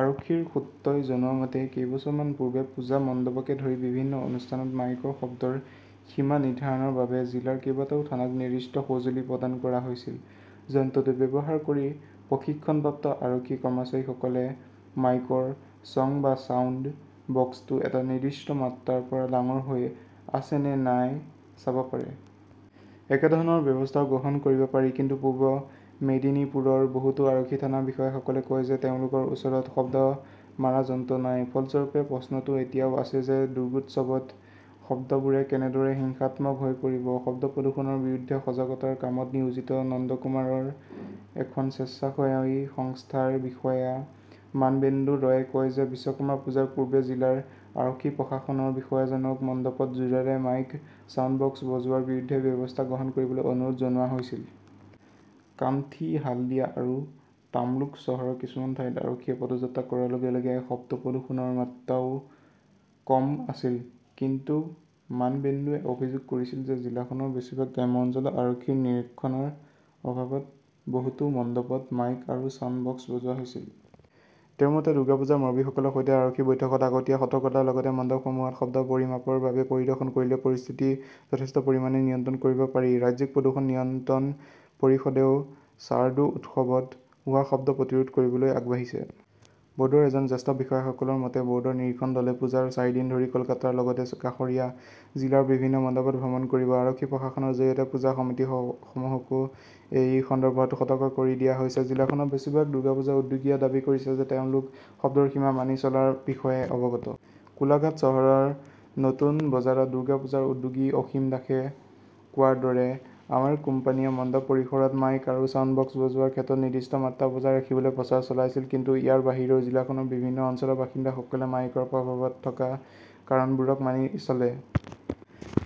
আৰক্ষীৰ সূত্ৰই জনোৱা মতে, কেইবছৰমান পূৰ্বে পূজা মণ্ডপকে ধৰি বিভিন্ন অনুষ্ঠানত মাইকৰ শব্দৰ সীমা নিৰ্ধাৰণৰ বাবে জিলাৰ কেইবাটাও থানাক নিৰ্দিষ্ট সঁজুলি প্ৰদান কৰা হৈছিল। যন্ত্ৰটো ব্যৱহাৰ কৰি প্ৰশিক্ষণপ্ৰাপ্ত আৰক্ষী-কৰ্মচাৰীসকলে মাইকৰ চঙ বা ছাউণ্ড-বক্সটো এটা নিৰ্দিষ্ট মাত্ৰাৰ পৰা ডাঙৰ হৈ আছে নে নাই চাব পাৰে। একেধৰণৰ ব্যৱস্থাও গ্ৰহণ কৰিব পাৰি। কিন্তু পূব মেদিনীপুৰৰ বহুতো আৰক্ষী থানাৰ বিষয়াসকলে কয় যে, তেওঁলোকৰ ওচৰত শব্দ মাৰা যন্ত্ৰ নাই। ফলস্বৰূপে প্ৰশ্নটো এতিয়াও আছে যে, দুৰ্গোৎসৱত শব্দবোৰে কেনেদৰে হিংসাত্মক হৈ পৰিব পাৰে? শব্দ প্ৰদূষণৰ বিৰুদ্ধে সজাগতাৰ কামত নিয়োজিত নন্দকুমাৰৰ এখন স্বেচ্ছাসেৱী সংস্থাৰ বিষয়া মানবেন্দু ৰয়ে কয় যে, বিশ্বকৰ্মা পূজাৰ পূৰ্বে জিলাৰ আৰক্ষী-প্ৰশাসনৰ বিষয়াজনক মণ্ডপত জোৰেৰে মাইক, ছাউণ্ডবক্স বজোৱাৰ বিৰুদ্ধে ব্যৱস্থা গ্ৰহণ কৰিবলৈ অনুৰোধ জনোৱা হৈছিল। কান্থী, হালদিয়া আৰু তাম্লুক চহৰৰ কিছুমান ঠাইত আৰক্ষীয়ে পদযাত্ৰা কৰাৰ লগে লগে শব্দ প্ৰদূষণৰ মাত্ৰাও কম আছিল। কিন্তু মানবেন্দুৱে অভিযোগ কৰিছিল যে, জিলাখনৰ বেছিভাগ গ্ৰাম্য অঞ্চলত আৰক্ষীৰ নিৰীক্ষণৰ অভাৱত বহুতো মণ্ডপত মাইক আৰু ছাউণ্ড-বক্স বজোৱা হৈছিল। তেওঁৰ মতে, "দুৰ্গা পূজাৰ মুৰব্বীসকলৰ সৈতে আৰক্ষী-বৈঠকত আগতীয়া সতৰ্কতাৰ লগতে মণ্ডপসমূহত শব্দ পৰিমাপৰ বাবে পৰিদৰ্শন কৰিলে পৰিস্থিতি যথেষ্ট পৰিমাণে নিয়ন্ত্ৰণ কৰিব পাৰি"। ৰাজ্যিক প্ৰদূষণ নিয়ন্ত্ৰণ পৰিষদেও চাৰ্ডো উৎসৱত হোৱা শব্দ প্ৰতিৰোধ কৰিবলৈ আগবাঢ়িছে। বৰ্ডৰ এজন জ্যেষ্ঠ বিষয়াসকলৰ মতে, বৰ্ডৰ নিৰীক্ষণ দলে পূজাৰ চাৰিদিন ধৰি কলকাতাৰ লগতে কাষৰীয়া জিলাৰ বিভিন্ন মণ্ডপত ভ্ৰমণ কৰিব। আৰক্ষী-প্ৰশাসনৰ জৰিয়তে পূজা সমিতিসমূহকো এই সন্দৰ্ভত সতৰ্ক কৰি দিয়া হৈছে। জিলাখনৰ বেছিভাগ দুৰ্গা পূজা উদ্যোগীয়ে দাবী কৰিছে যে, তেওঁলোক শব্দৰ সীমা মানি চলাৰ বিষয়ে অৱগত। কোলাঘাট চহৰৰ নতুন বজাৰত দুৰ্গা পূজাৰ উদ্যোগী অসীম দাসে কোৱাৰ দৰে, "আমাৰ কোম্পানীয়ে মণ্ডপ পৰিসৰত মাইক আৰু ছাউণ্ড-বক্স বজোৱাৰ ক্ষেত্ৰত নিৰ্দিষ্ট মাত্ৰা বজাই ৰাখিবলৈ প্ৰচাৰ চলাইছিল"। কিন্তু ইয়াৰ বাহিৰেও, জিলাখনৰ বিভিন্ন অঞ্চলৰ বাসিন্দাসকলে মাইকৰ প্ৰভাৱত থকা কাৰণবোৰক মানি চলে।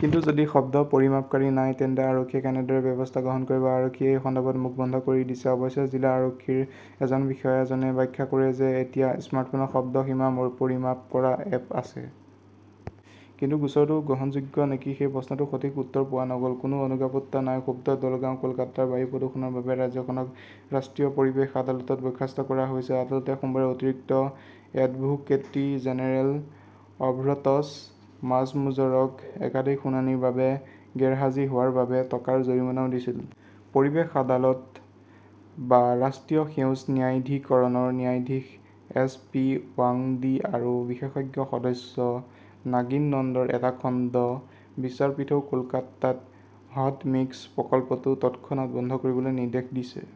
কিন্তু যদি শব্দ পৰিমাপকাৰী নাই, তেন্তে আৰক্ষীয়ে কেনেদৰে ব্যৱস্থা গ্ৰহণ কৰিব? আৰক্ষীয়ে এই সন্দৰ্ভত মুখ বন্ধ কৰি দিছে। অৱশ্যে, জিলা আৰক্ষীৰ এজন বিষয়াজনে ব্যাখ্যা কৰে যে, এতিয়া স্মাৰ্টফোনত শব্দ সীমা পৰিমাপ কৰা এপ আছে। কিন্তু গোচৰটো গ্ৰহণযোগ্য নেকি, সেই প্ৰশ্নটোৰ সঠিক উত্তৰ পোৱা নগল। কোনো অনুজ্ঞাপত্ৰ নাই, ক্ষুব্ধ দলগাঁও কলকাতাৰ বায়ু প্ৰদূষণৰ বাবে ৰাজ্যখনক ৰাষ্ট্ৰীয় পৰিৱেশ আদালতত বৰ্খাস্ত কৰা হৈছে। আদালতে সোমবাৰে অতিৰিক্ত এডভোকেট্ৰী জেনেৰেল অভ্ৰতছ মাজ্মুজ্জৰক একাধিক শুনানিৰ বাবে গেৰহাজী হোৱাৰ বাবে টকাৰ জৰিমনাও দিছিল। পৰিৱেশ আদালত বা ৰাষ্ট্ৰীয় সেউজ ন্যায়াধিকৰণৰ ন্যায়াধীশ এছ পি ৱাংদী আৰু বিশেষজ্ঞ সদস্য নাগিন নন্দৰ এটা খণ্ড বিচাৰপীঠেও কলকাতাত 'হট মিক্স "প্ৰকল্পটো তৎক্ষণাত বন্ধ কৰিবলৈ নিৰ্দেশ দিছে।